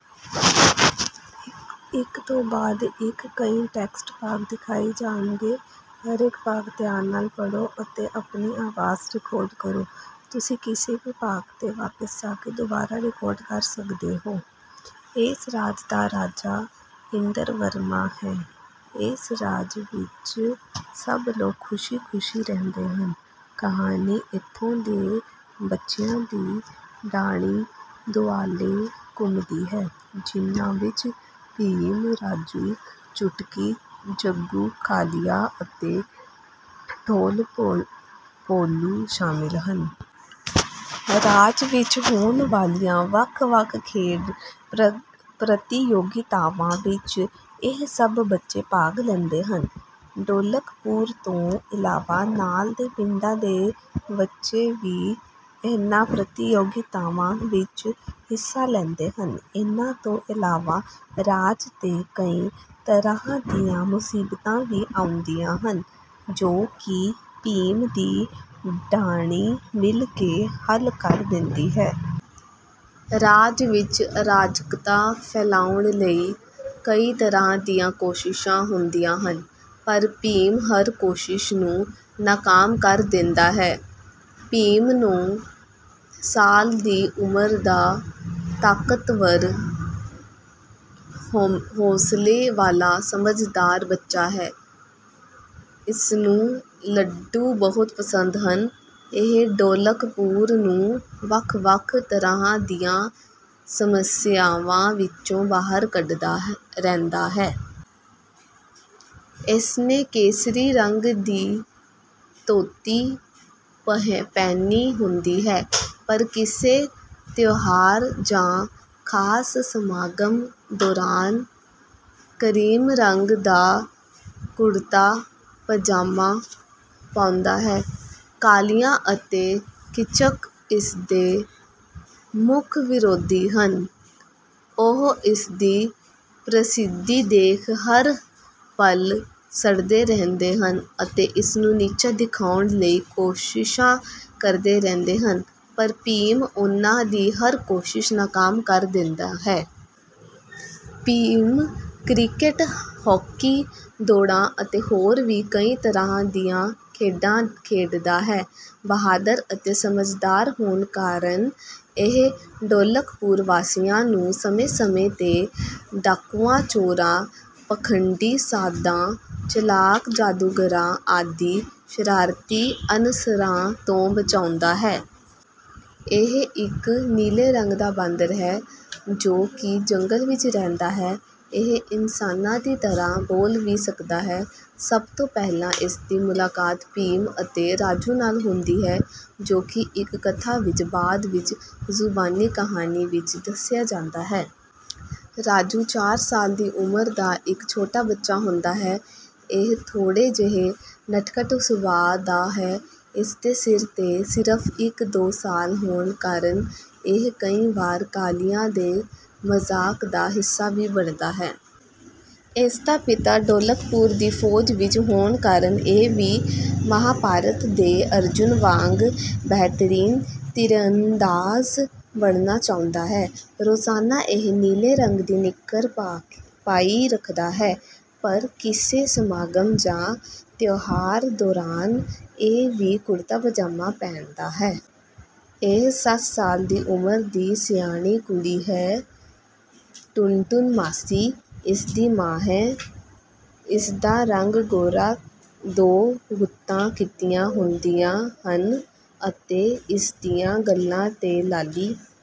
ਇਸ ਰਾਜ ਦਾ ਰਾਜਾ ਇੰਦਰਵਰਮਾ ਹੈ। ਇਸ ਰਾਜ ਵਿੱਚ ਸਭ ਲੋਕ ਖੁਸ਼ੀ ਖੁਸ਼ੀ ਰਹਿੰਦੇ ਹਨ। ਕਹਾਣੀ ਇੱਥੋਂ ਦੇ ਬੱਚਿਆਂ ਦੀ ਢਾਣੀ ਦੁਆਲੇ ਘੁੰਮਦੀ ਹੈ ਜਿੰਨਾ ਵਿੱਚ ਭੀਮ ਰਾਜੂ ਚੁਟਕੀ ਜੱਗੂ ਕਾਲੀਆ ਅਤੇ ਢੋਲੂ ਭੋਲੂ ਸ਼ਾਮਿਲ ਹਨ। ਰਾਜ ਵਿੱਚ ਹੋਣ ਵਾਲੀਆਂ ਵੱਖ ਵੱਖ ਖੇਡ ਪ੍ਰਤੀਯੋਗਿਤਾਵਾਂ ਵਿੱਚ ਇਹ ਸਭ ਬੱਚੇ ਭਾਗ ਲੈਂਦੇ ਹਨ। ਢੋਲਕਪੁਰ ਤੋਂ ਇਲਾਵਾ ਨਾਲ ਦੇ ਪਿੰਡਾਂ ਦੇ ਬੱਚੇ ਵੀ ਇਹਨਾਂ ਪ੍ਰਤੀਯੋਗਿਤਾਵਾਂ ਵਿੱਚ ਹਿੱਸਾ ਲੈਂਦੇ ਹਨ। ਇਹਨਾਂ ਤੋਂ ਇਲਾਵਾ ਰਾਜ ਤੇ ਕਈ ਤਰ੍ਹਾਂ ਦੀਆਂ ਮੁਸੀਬਤਾਂ ਵੀ ਆਉਂਦੀਆਂ ਹਨ ਜੋ ਕਿ ਭੀਮ ਦੀ ਢਾਣੀ ਮਿਲ ਕੇ ਹੱਲ ਕਰ ਦਿੰਦੀ ਹੈ। ਰਾਜ ਵਿੱਚ ਅਰਾਜਕਤਾ ਫੈਲਾਉਣ ਲਈ ਕਈ ਤਰ੍ਹਾਂ ਦੀਆਂ ਕੋਸ਼ਿਸ਼ਾਂ ਹੁੰਦੀਆਂ ਹਨ ਪਰ ਭੀਮ ਹਰ ਕੋਸ਼ਿਸ਼ ਨੂੰ ਨਾਕਾਮ ਕਰ ਦਿੰਦਾ ਹੈ। ਭੀਮ ਨੌ ਸਾਲ ਦੀ ਉਮਰ ਦਾ ਤਾਕਤਵਰ ਹੌਸਲੇ ਵਾਲਾ ਸਮਝਦਾਰ ਬੱਚਾ ਹੈ। ਇਸਨੂੰ ਲੱਡੂ ਬਹੁਤ ਪਸੰਦ ਹਨ ਇਹ ਢੋਲਕਪੁਰ ਨੂੰ ਵੱਖ ਵੱਖ ਤਰ੍ਹਾਂ ਦੀਆਂ ਸਮੱਸਿਆਵਾਂ ਵਿੱਚੋਂ ਬਾਹਰ ਕੱਢਦਾ ਰਹਿੰਦਾ ਹੈ। ਇਸਨੇ ਕੇਸਰੀ ਰੰਗ ਦੀ ਧੋਤੀ ਪਹਿਨੀ ਹੁੰਦੀ ਹੈ ਪਰ ਕਿਸੇ ਤਿਉਹਾਰ ਜਾਂ ਖਾਸ ਸਮਾਗਮ ਦੌਰਾਨ ਕਰੀਮ ਰੰਗ ਦਾ ਕੁੜਤਾ ਪਜਾਮਾ ਪਾਉਂਦਾ ਹੈ। ਕਾਲੀਆ ਅਤੇ ਕੀਚਕ ਇਸਦੇ ਮੁੱਖ ਵਿਰੋਧੀ ਹਨ। ਉਹ ਇਸਦੀ ਪ੍ਰਸਿੱਧੀ ਦੇਖ ਹਰ ਪਲ ਸੜਦੇ ਰਹਿੰਦੇ ਹਨ ਅਤੇ ਇਸਨੂੰ ਨੀਚਾ ਦਿਖਾਉਣ ਲਈ ਕੋਸ਼ਿਸ਼ਾਂ ਕਰਦੇ ਰਹਿੰਦੇ ਹਨ ਪਰ ਭੀਮ ਉਨ੍ਹਾਂ ਦੀ ਹਰ ਕੋਸ਼ਿਸ਼ ਨਾਕਾਮ ਕਰ ਦਿੰਦਾ ਹੈ। ਭੀਮ ਕ੍ਰਿਕਟ ਹਾਕੀ ਦੌੜਾਂ ਅਤੇ ਹੋਰ ਵੀ ਕਈ ਤਰ੍ਹਾਂ ਦੀਆਂ ਖੇਡਾਂ ਖੇਡਦਾ ਹੈ। ਬਹਾਦਰ ਅਤੇ ਸਮਝਦਾਰ ਹੋਣ ਕਾਰਨ ਇਹ ਢੋਲਕਪੁਰ ਵਾਸੀਆਂ ਨੂੰ ਸਮੇਂ ਸਮੇਂ ਤੇ ਡਾਕੂਆਂ ਚੋਰਾਂ ਪਖੰਡੀ ਸਾਧਾਂ ਚਲਾਕ ਜਾਦੂਗਰਾਂ ਆਦਿ ਸ਼ਰਾਰਤੀ ਅਨਸਰਾਂ ਤੋਂ ਬਚਾਉਂਦਾ ਹੈ। ਇਹ ਇੱਕ ਨੀਲੇ ਰੰਗ ਦਾ ਬਾਂਦਰ ਹੈ ਜੋ ਕਿ ਜੰਗਲ ਵਿੱਚ ਰਹਿੰਦਾ ਹੈ। ਇਹ ਇਨਸਾਨਾਂ ਦੀ ਤਰ੍ਹਾਂ ਬੋਲ ਵੀ ਸਕਦਾ ਹੈ। ਸਭ ਤੋਂ ਪਹਿਲਾਂ ਇਸਦੀ ਮੁਲਾਕਾਤ ਭੀਮ ਅਤੇ ਰਾਜੂ ਨਾਲ ਹੁੰਦੀ ਹੈ ਜੋ ਕਿ ਇੱਕ ਕਥਾ ਵਿੱਚ ਬਾਅਦ ਵਿੱਚ ਜ਼ੁਬਾਨੀ ਕਹਾਣੀ ਵਿੱਚ ਦੱਸਿਆ ਜਾਂਦਾ ਹੈ। ਰਾਜੂ ਚਾਰ ਸਾਲ ਦੀ ਉਮਰ ਦਾ ਇੱਕ ਛੋਟਾ ਬੱਚਾ ਹੁੰਦਾ ਹੈ। ਇਹ ਥੋੜ੍ਹੇ ਜਿਹੇ ਨਟਖਟ ਸੁਭਾਅ ਦਾ ਹੈ। ਇਸਦੇ ਸਿਰ ਤੇ ਸਿਰਫ ਇੱਕ ਦੋ ਵਾਲ ਹੋਣ ਕਾਰਨ ਇਹ ਕਈ ਵਾਰ ਕਾਲੀਆ ਦੇ ਮਜ਼ਾਕ ਦਾ ਹਿੱਸਾ ਵੀ ਬਣਦਾ ਹੈ। ਇਸਦਾ ਪਿਤਾ ਢੋਲਕਪੁਰ ਦੀ ਫੌਜ ਵਿੱਚ ਹੋਣ ਕਾਰਨ ਇਹ ਵੀ ਮਹਾਭਾਰਤ ਦੇ ਅਰਜੁਨ ਵਾਂਗ ਬਿਹਤਰੀਨ ਤੀਰਅੰਦਾਜ਼ ਬਣਨਾ ਚਾਹੁੰਦਾ ਹੈ। ਰੋਜ਼ਾਨਾ ਇਹ ਨੀਲੇ ਰੰਗ ਦੀ ਨਿੱਕਰ ਪਾਈ ਰੱਖਦਾ ਹੈ ਪਰ ਕਿਸੇ ਸਮਾਗਮ ਜਾਂ ਤਿਉਹਾਰ ਦੌਰਾਨ ਇਹ ਵੀ ਕੁੜਤਾ ਪਜਾਮਾ ਪਹਿਨਦਾ ਹੈ। ਇਹ ਸਤ ਸਾਲ ਦੀ ਉਮਰ ਦੀ ਸਿਆਣੀ ਕੁੜੀ ਹੈ। ਟੁਨਟੁਨ ਮਾਸੀ ਇਸਦੀ ਮਾਂ ਹੈ। ਇਸਦਾ ਰੰਗ ਗੋਰਾ ਦੋ ਗੁੱਤਾਂ ਕੀਤੀਆਂ ਹੁੰਦੀਆਂ ਹਨ ਅਤੇ ਇਸਦੀਆਂ ਗੱਲਾਂ ਤੇ ਲਾਲੀ